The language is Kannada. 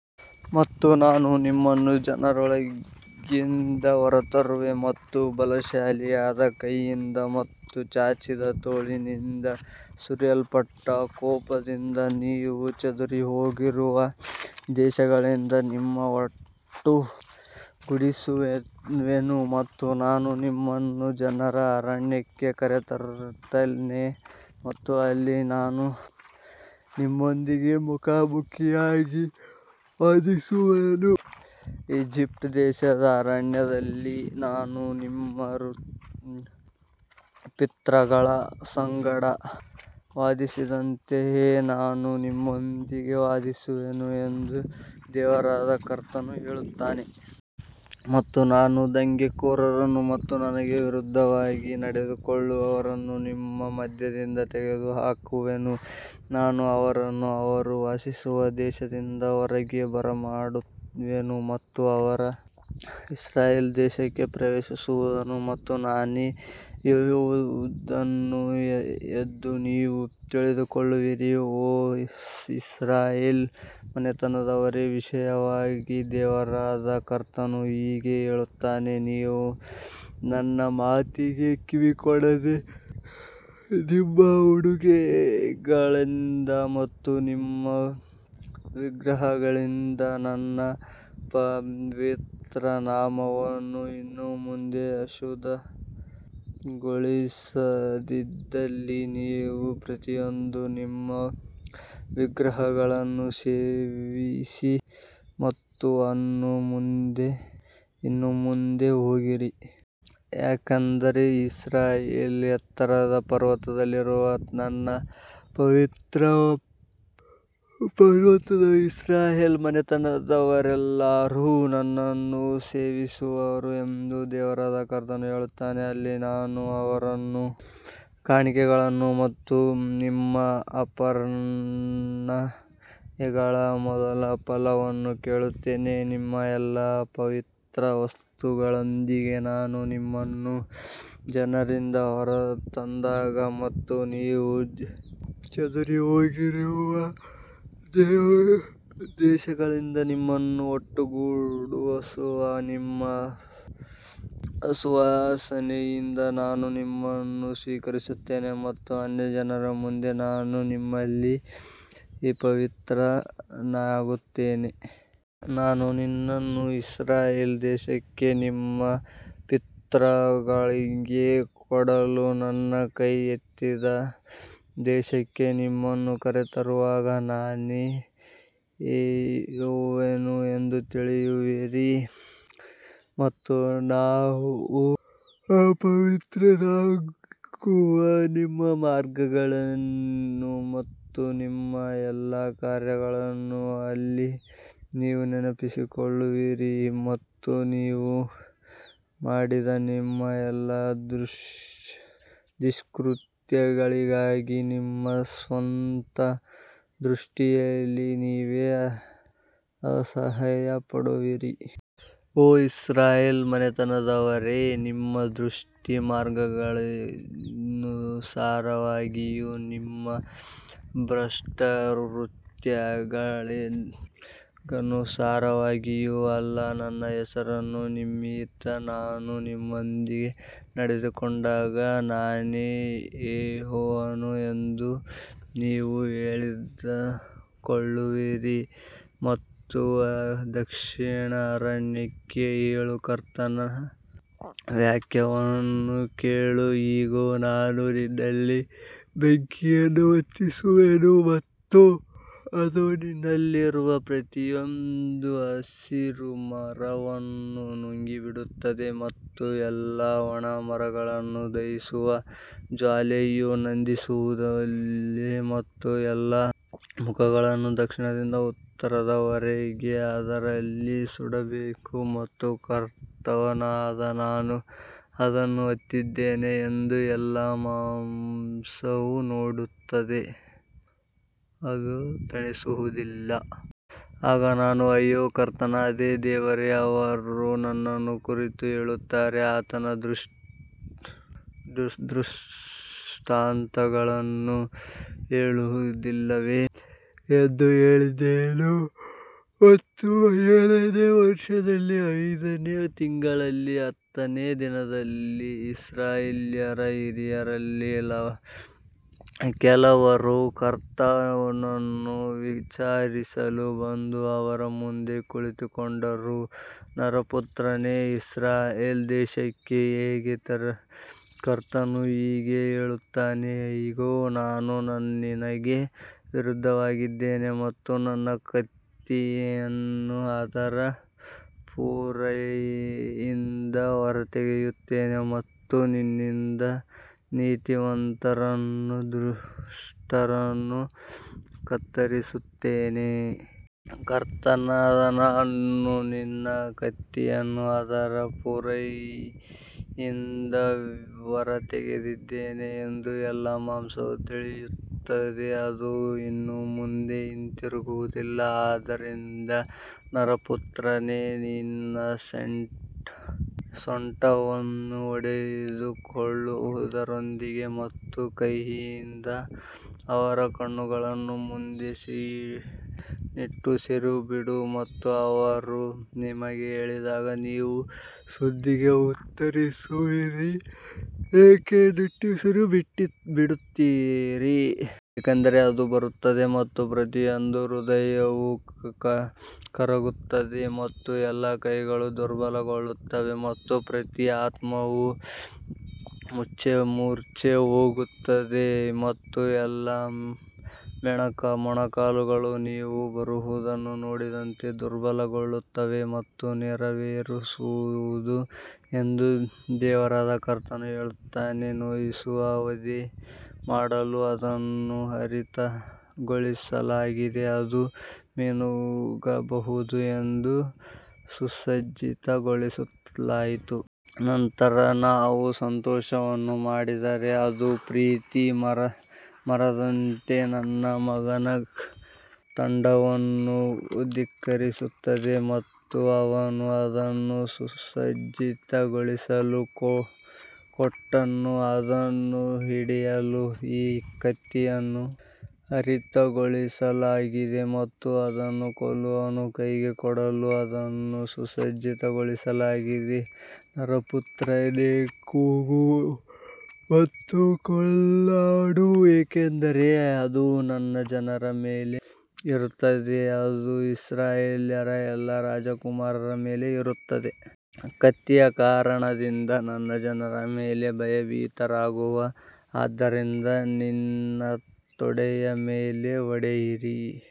ಮತ್ತು ನಾನು ನಿಮ್ಮನ್ನು ಜನರೊಳಗಿಂದ ಹೊರತರುವೆನು ಮತ್ತು ಬಲಶಾಲಿಯಾದ ಕೈಯಿಂದ ಮತ್ತು ಚಾಚಿದ ತೋಳಿನಿಂದ ಮತ್ತು ಸುರಿಯಲ್ಪಟ್ಟ ಕೋಪದಿಂದ ನೀವು ಚದುರಿಹೋಗಿರುವ ದೇಶಗಳಿಂದ ನಿಮ್ಮನ್ನು ಒಟ್ಟುಗೂಡಿಸುವೆನು. ಮತ್ತು ನಾನು ನಿಮ್ಮನ್ನು ಜನರ ಅರಣ್ಯಕ್ಕೆ ಕರೆತರುತ್ತೇನೆ ಮತ್ತು ಅಲ್ಲಿ ನಾನು ನಿಮ್ಮೊಂದಿಗೆ ಮುಖಾಮುಖಿಯಾಗಿ ವಾದಿಸುವೆನು ಈಜಿಪ್ಟ್ ದೇಶದ ಅರಣ್ಯದಲ್ಲಿ ನಾನು ನಿಮ್ಮ ಪಿತೃಗಳ ಸಂಗಡ ವಾದಿಸಿದಂತೆಯೇ ನಾನು ನಿಮ್ಮೊಂದಿಗೆ ವಾದಿಸುವೆನು ಎಂದು ದೇವರಾದ ಕರ್ತನು ಹೇಳುತ್ತಾನೆ. ಮತ್ತು ನಾನು ದಂಗೆಕೋರರನ್ನು ಮತ್ತು ನನಗೆ ವಿರುದ್ಧವಾಗಿ ನಡೆದುಕೊಳ್ಳುವವರನ್ನು ನಿಮ್ಮ ಮಧ್ಯದಿಂದ ತೆಗೆದುಹಾಕುವೆನು, ನಾನು ಅವರನ್ನು ಅವರು ವಾಸಿಸುವ ದೇಶದಿಂದ ಹೊರಗೆ ಬರಮಾಡುವೆನು ಮತ್ತು ಅವರು ಇಸ್ರಾಯೇಲ್ ದೇಶಕ್ಕೆ ಪ್ರವೇಶಿಸುವುದಿಲ್ಲ ಮತ್ತು ನಾನೇ ಯೆಹೋವನು ಎಂದು ನೀವು ತಿಳಿದುಕೊಳ್ಳುವಿರಿ. ಓ ಇಸ್ರಾಯೇಲ್ ಮನೆತನದವರ ವಿಷಯವಾಗಿ, ದೇವರಾದ ಕರ್ತನು ಹೀಗೆ ಹೇಳುತ್ತಾನೆ, ನೀವು ನನ್ನ ಮಾತಿಗೆ ಕಿವಿಗೊಡದೆ ನಿಮ್ಮ ಉಡುಗೊರೆಗಳಿಂದ ಮತ್ತು ನಿಮ್ಮ ವಿಗ್ರಹಗಳಿಂದ ನನ್ನ ಪವಿತ್ರ ನಾಮವನ್ನು ಇನ್ನು ಮುಂದೆ ಅಶುದ್ಧಗೊಳಿಸದಿದ್ದಲ್ಲಿ ನೀವು ಪ್ರತಿಯೊಬ್ಬರೂ ನಿಮ್ಮ ವಿಗ್ರಹಗಳನ್ನು ಸೇವಿಸಿ ಮತ್ತು ಇನ್ನು ಮುಂದೆ ಹೋಗಿರಿ. ಯಾಕಂದರೆ ಇಸ್ರಾಯೇಲ್ಯರ ಎತ್ತರದ ಪರ್ವತದಲ್ಲಿರುವ ನನ್ನ ಪವಿತ್ರ ಪರ್ವತದಲ್ಲಿ ಇಸ್ರಾಯೇಲ್ ಮನೆತನದವರೆಲ್ಲರೂ ನನ್ನನ್ನು ಸೇವಿಸುವರು ಎಂದು ದೇವರಾದ ಕರ್ತನು ಹೇಳುತ್ತಾನೆ, ಅಲ್ಲಿ ನಾನು ಅವರನ್ನು ಸ್ವೀಕರಿಸುತ್ತೇನೆ ಮತ್ತು ಅಲ್ಲಿ ನಾನು ನಿಮ್ಮ ಕಾಣಿಕೆಗಳನ್ನು ಮತ್ತು ನಿಮ್ಮ ಅರ್ಪಣೆಗಳ ಮೊದಲ ಫಲವನ್ನು ಕೇಳುತ್ತೇನೆ. ನಿಮ್ಮ ಎಲ್ಲಾ ಪವಿತ್ರ ವಸ್ತುಗಳೊಂದಿಗೆ ನಾನು ನಿಮ್ಮನ್ನು ಜನರಿಂದ ಹೊರತಂದಾಗ ಮತ್ತು ನೀವು ಚದುರಿಹೋಗಿರುವ ದೇಶಗಳಿಂದ ನಿಮ್ಮನ್ನು ಒಟ್ಟುಗೂಡಿಸುವಾಗ ನಿಮ್ಮ ಸುವಾಸನೆಯಿಂದ ನಾನು ನಿಮ್ಮನ್ನು ಸ್ವೀಕರಿಸುತ್ತೇನೆ ಮತ್ತು ಅನ್ಯಜನರ ಮುಂದೆ ನಾನು ನಿಮ್ಮಲ್ಲಿ ಪವಿತ್ರನಾಗುತ್ತೇನೆ. ನಾನು ನಿನ್ನನ್ನು ಇಸ್ರಾಯೇಲ್ ದೇಶಕ್ಕೆ ನಿಮ್ಮ ಪಿತೃಗಳಿಗೆ ಕೊಡಲು ನನ್ನ ಕೈ ಎತ್ತಿದ ದೇಶಕ್ಕೆ ನಿಮ್ಮನ್ನು ಕರೆತರುವಾಗ ನಾನೇ ಯೆಹೋವನು ಎಂದು ತಿಳಿಯುವಿರಿ. ಮತ್ತು ನೀವು ಅಪವಿತ್ರರಾಗಿರುವ ನಿಮ್ಮ ಮಾರ್ಗಗಳನ್ನು ಮತ್ತು ನಿಮ್ಮ ಎಲ್ಲಾ ಕಾರ್ಯಗಳನ್ನು ಅಲ್ಲಿ ನೀವು ನೆನಪಿಸಿಕೊಳ್ಳುವಿರಿ ಮತ್ತು ನೀವು ಮಾಡಿದ ನಿಮ್ಮ ಎಲ್ಲಾ ದುಷ್ಕೃತ್ಯಗಳಿಗಾಗಿ ನಿಮ್ಮ ಸ್ವಂತ ದೃಷ್ಟಿಯಲ್ಲಿ ನೀವೇ ಅಸಹ್ಯಪಡುವಿರಿ. ಓ ಇಸ್ರಾಯೇಲ್ ಮನೆತನದವರೇ, ನಿಮ್ಮ ದುಷ್ಟ ಮಾರ್ಗಗಳಿಗನುಸಾರವಾಗಿಯೂ ನಿಮ್ಮ ಭ್ರಷ್ಟ ಕೃತ್ಯಗಳಿಗನುಸಾರವಾಗಿಯೂ ಅಲ್ಲ, ನನ್ನ ಹೆಸರಿನ ನಿಮಿತ್ತ ನಾನು ನಿಮ್ಮೊಂದಿಗೆ ನಡೆದುಕೊಂಡಾಗ ನಾನೇ ಯೆಹೋವನು ಎಂದು ನೀವು ತಿಳಿದುಕೊಳ್ಳುವಿರಿ. ಮತ್ತು ದಕ್ಷಿಣದ ಅರಣ್ಯಕ್ಕೆ ಹೇಳು, ಕರ್ತನ ವಾಕ್ಯವನ್ನು ಕೇಳು. ಇಗೋ, ನಾನು ನಿನ್ನಲ್ಲಿ ಬೆಂಕಿಯನ್ನು ಹೊತ್ತಿಸುವೆನು ಮತ್ತು ಅದು ನಿನ್ನಲ್ಲಿರುವ ಪ್ರತಿಯೊಂದು ಹಸಿರು ಮರವನ್ನು ನುಂಗಿಬಿಡುತ್ತದೆ ಮತ್ತು ಎಲ್ಲಾ ಒಣ ಮರಗಳನ್ನು ದಹಿಸುವ ಜ್ವಾಲೆಯು ನಂದಿಸುವುದಿಲ್ಲ ಮತ್ತು ಎಲ್ಲಾ ಮುಖಗಳು ದಕ್ಷಿಣದಿಂದ ಉತ್ತರದವರೆಗೆ ಅದರಲ್ಲಿ ಸುಡಬೇಕು ಮತ್ತು ಕರ್ತನಾದ ನಾನು ಅದನ್ನು ಹೊತ್ತಿಸಿದ್ದೇನೆ ಎಂದು ಎಲ್ಲಾ ಮಾಂಸವು ನೋಡುತ್ತದೆ, ಅದು ತಣಿಸುವುದಿಲ್ಲ. ಆಗ ನಾನು ಅಯ್ಯೋ, ಕರ್ತನಾದ ದೇವರೇ, ಅವರು ನನ್ನನ್ನು ಕುರಿತು ಹೇಳುತ್ತಾರೆ, ಆತನು ದೃಷ್ಟಾಂತಗಳನ್ನು ಹೇಳುವುದಿಲ್ಲವೇ ಎಂದು ಹೇಳಿದೆನು. ಮತ್ತು ಏಳನೇ ವರ್ಷದಲ್ಲಿ ಐದನೇ ತಿಂಗಳಿನ ಹತ್ತನೆಯ ದಿನದಲ್ಲಿ ಇಸ್ರಾಯೇಲ್ಯರ ಹಿರಿಯರಲ್ಲಿ ಕೆಲವರು ಕರ್ತನನ್ನು ವಿಚಾರಿಸಲು ಬಂದು ಅವರ ಮುಂದೆ ಕುಳಿತುಕೊಂಡರು. ನರಪುತ್ರನೇ, ಇಸ್ರಾಯೇಲ್ ದೇಶಕ್ಕೆ ಹೇಳು, ಕರ್ತನು ಹೀಗೆ ಹೇಳುತ್ತಾನೆ, ಇಗೋ, ನಾನು ನಿನಗೆ ವಿರುದ್ಧವಾಗಿದ್ದೇನೆ ಮತ್ತು ನನ್ನ ಕತ್ತಿಯನ್ನು ಅದರ ಪೊರೆಯಿಂದ ಹೊರತೆಗೆಯುತ್ತೇನೆ ಮತ್ತು ನಿನ್ನಿಂದ ನೀತಿವಂತರನ್ನೂ ದುಷ್ಟರನ್ನೂ ಕತ್ತರಿಸುತ್ತೇನೆ. ಕರ್ತನಾದ ನಾನು ನನ್ನ ಕತ್ತಿಯನ್ನು ಅದರ ಪೊರೆಯಿಂದ ಹೊರತೆಗೆದಿದ್ದೇನೆ ಎಂದು ಎಲ್ಲಾ ಮಾಂಸವು ತಿಳಿಯುತ್ತದೆ, ಅದು ಇನ್ನು ಮುಂದೆ ಹಿಂತಿರುಗುವುದಿಲ್ಲ. ಆದ್ದರಿಂದ ನರಪುತ್ರನೇ, ನಿನ್ನ ಸೊಂಟವನ್ನು ಹೊಡೆದುಕೊಳ್ಳುವುದರೊಂದಿಗೆ ಮತ್ತು ಕಹಿಯಿಂದ ಅವರ ಕಣ್ಣುಗಳ ಮುಂದೆ ನಿಟ್ಟುಸಿರು ಬಿಡು. ಮತ್ತು ಅವರು ನಿಮಗೆ ಹೇಳಿದಾಗ, ನೀವು ಸುದ್ದಿಗೆ ಉತ್ತರಿಸುವಿರಿ, ಏಕೆ ನಿಟ್ಟುಸಿರುಬಿಡುತ್ತೀರಿ? ಏಕೆಂದರೆ ಅದು ಬರುತ್ತದೆ ಮತ್ತು ಪ್ರತಿಯೊಂದು ಹೃದಯವೂ ಕರಗುತ್ತದೆ ಮತ್ತು ಎಲ್ಲಾ ಕೈಗಳು ದುರ್ಬಲಗೊಳ್ಳುತ್ತವೆ ಮತ್ತು ಪ್ರತಿ ಆತ್ಮವೂ ಮೂರ್ಛೆಹೋಗುತ್ತದೆ ಮತ್ತು ಎಲ್ಲಾ ಮೊಣಕಾಲುಗಳು ನೀರು ಬರುವುದನ್ನು ನೋಡಿದಂತೆ ದುರ್ಬಲಗೊಳ್ಳುತ್ತವೆ ಮತ್ತು ನೆರವೇರುವುದು ಎಂದು ದೇವರಾದ ಕರ್ತನು ಹೇಳುತ್ತಾನೆ. ನೋಯಿಸುವ ವಧೆ ಮಾಡಲು ಅದನ್ನು ಹರಿತಗೊಳಿಸಲಾಗಿದೆ, ಅದು ಮಿನುಗಬಹುದು ಎಂದು ಸುಸಜ್ಜಿತಗೊಳಿಸಲಾಗಿದೆ. ನಂತರ ನಾವು ಸಂತೋಷವನ್ನು ಮಾಡಿದರೆ ಅದು ಪ್ರತಿ ಮರದಂತೆ ನನ್ನ ಮಗನ ದಂಡವನ್ನು ಧಿಕ್ಕರಿಸುತ್ತದೆ ಮತ್ತು ಅವನು ಅದನ್ನು ಸುಸಜ್ಜಿತಗೊಳಿಸಲು ಕೊಟ್ಟನು. ಅದನ್ನು ಹಿಡಿಯಲು ಈ ಕತ್ತಿಯನ್ನು ಹರಿತಗೊಳಿಸಲಾಗಿದೆ ಮತ್ತು ಅದನ್ನು ಕೊಲ್ಲುವವನ ಕೈಗೆ ಕೊಡಲು ಅದನ್ನು ಸುಸಜ್ಜಿತಗೊಳಿಸಲಾಗಿದೆ. ನರಪುತ್ರನೇ, ಕೂಗು ಮತ್ತು ಗೋಳಾಡು, ಏಕೆಂದರೆ ಅದು ನನ್ನ ಜನರ ಮೇಲೆ ಇರುತ್ತದೆ, ಅದು ಇಸ್ರಾಯೇಲ್ಯರ ಎಲ್ಲಾ ರಾಜಕುಮಾರರ ಮೇಲೆ ಇರುತ್ತದೆ. ಕತ್ತಿಯ ಕಾರಣದಿಂದ ನನ್ನ ಜನರ ಮೇಲೆ ಭಯಭೀತರಾಗುವರು, ಆದ್ದರಿಂದ ನಿನ್ನ ತೊಡೆಯ ಮೇಲೆ ಹೊಡೆಯಿರಿ.